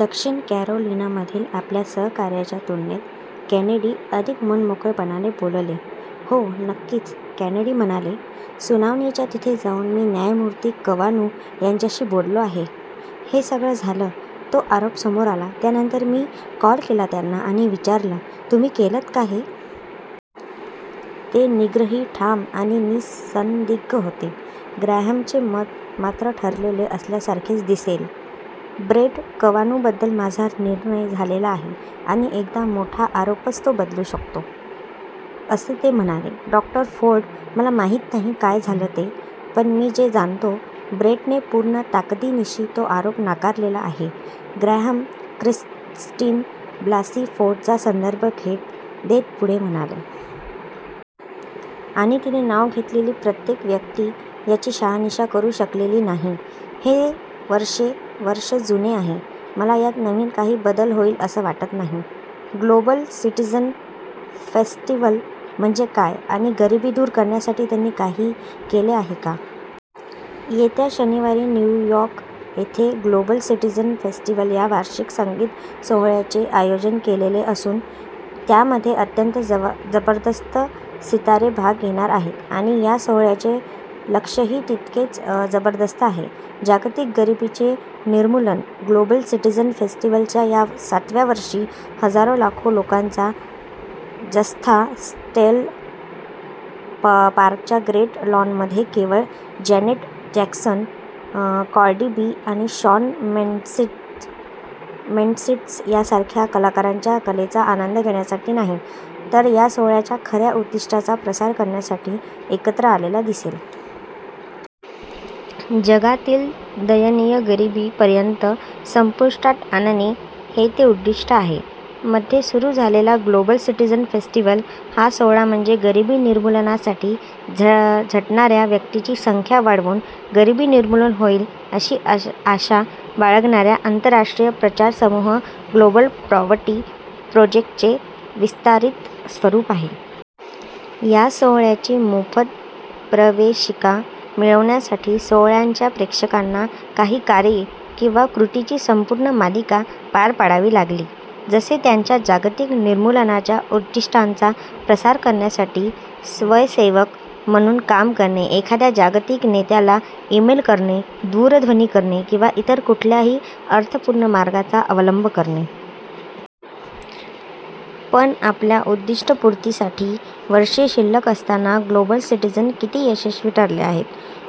दक्षिण कॅरोलिनामधील आपल्या सहकाऱ्याच्या तुलनेत केनेडी अधिक मोकळेपणाने बोलले. "हो, नक्कीच," केनेडी म्हणाले. "सुनावणीच्या तिथे जाऊन मी न्यायमूर्ती कवानु यांच्याशी बोललो आहे. हे सगळं झालं, तो आरोप समोर आला त्यानंतर मी कॉल केला त्यांना आणि विचारलं, 'तुम्ही केलंत का हे? ' ते निग्रही, ठाम आणि निःसंदिग्ध होते. " ग्रॅहमचे मत, मात्र, ठरलेले असल्यासारखे दिसले. "ब्रेट कवानुबद्दल माझा निर्णय झालेला आहे आणि एखादा मोठा आरोपच तो बदलू शकतो," असे ते म्हणाले. "डॉ. फोर्ड, मला माहीत नाही काय झालं ते, पण मी हे जाणतो: ब्रेटने पूर्ण ताकदीनिशी तो आरोप नाकारलेला आहे," ग्रॅहम क्रिस्टिन ब्लासी फोर्डचा संदर्भ देत पुढे म्हणाले. "आणि तिने नाव घेतलेली प्रत्येक व्यक्ती याची शहानिशा करू शकलेली नाही. हे वर्षे जुनं आहे. मला यात नवीन काही बदल होईल असं वाटत नाही. " ग्लोबल सिटीझन फेस्टिव्हल म्हणजे काय आणि गरिबी दूर करण्यासाठी त्यांनी काही केले आहे का? येत्या शनिवारी न्यूयॉर्क येथे ग्लोबल सिटिझन फेस्टिव्हल या वार्षिक संगीत सोहोळ्याचे आयोजन केलेले असून त्यामध्ये अत्यंत जबरदस्त सितारे भाग घेणार आहेत आणि या सोहोळ्याचे लक्ष्यही तितकेच जबरदस्त आहे; जागतिक गरिबीचे निर्मूलन. ग्लोबल सिटीझन फेस्टिव्हलच्या या सातव्या वर्षी हजारो लाखो लोकांचा जत्था सेंट्रल पार्कच्या ग्रेट लॉनमध्ये केवळ जॅनेट जॅक्सन, कार्डी बी आणि शॉन मेन्डिस यांसारख्या कलाकारांच्या कलेचा आनंद घेण्यासाठी नाही तर या सोहोळ्याच्या खऱ्या उद्दिष्टाचा प्रसार करण्यासाठी एकत्र आलेला दिसेल. जगातील दयनीय गरिबी पर्यंत संपुष्टात आणणे हे ते उद्दिष्ट आहे. मध्ये सुरु झालेला ग्लोबल सिटीझन फेस्टिव्हल हा सोहोळा म्हणजे गरिबी निर्मूलनासाठी झटणाऱ्या व्यक्तींची संख्या वाढवून गरिबी निर्मूलन होईल अशी आशा बाळगणाऱ्या आंतरराष्ट्रीय प्रचार समूह ग्लोबल पॉवर्टी प्रोजेक्टचे विस्तारीत स्वरूप आहे. या सोहोळ्याची मोफत प्रवेशिका मिळविण्यासाठी, सोहोळ्याच्या प्रेक्षकांना काही कार्ये किंवा "कृतींची" संपूर्ण मालिका पार पाडावी लागली. जसे त्यांच्या जागतिक निर्मूलनाच्या उद्दिष्टाचा प्रसार करण्यासाठी स्वयंसेवक म्हणून काम करणे, एखाद्या जागतिक नेत्याला ईमेल करणे, दूरध्वनी करणे किंवा इतर कुठल्याही अर्थपूर्ण मार्गाचा अवलंब करणे. पण आपल्या उद्दिष्टपूर्तीसाठी वर्षे शिल्लक असताना ग्लोबल सिटीझन किती यशस्वी ठरले आहे?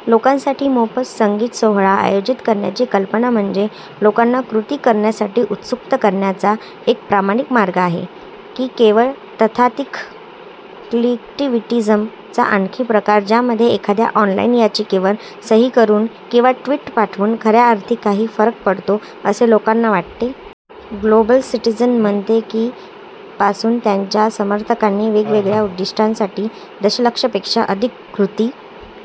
लोकांसाठी मोफत संगीत सोहोळा आयोजित करण्याची कल्पना म्हणजे लोकांना कृती करण्यासाठी उद्युक्त करण्याचा एक प्रामाणिक मार्ग आहे की केवळ तथाकथित "क्लिकटिव्हिजम" चा आणखी प्रकार-ज्यामध्ये एखाद्या ऑनलाईन याचिकेवर सही करून किंवा ट्विट पाठवून खऱ्या अर्थी काही फरक पडतो असे लोकांना वाटते? ग्लोबल सिटीझन म्हणते की पासून त्यांच्या समर्थकांनी वेगवेगळ्या उद्दिष्टांसाठी दशलक्षपेक्षा अधिक "कृती"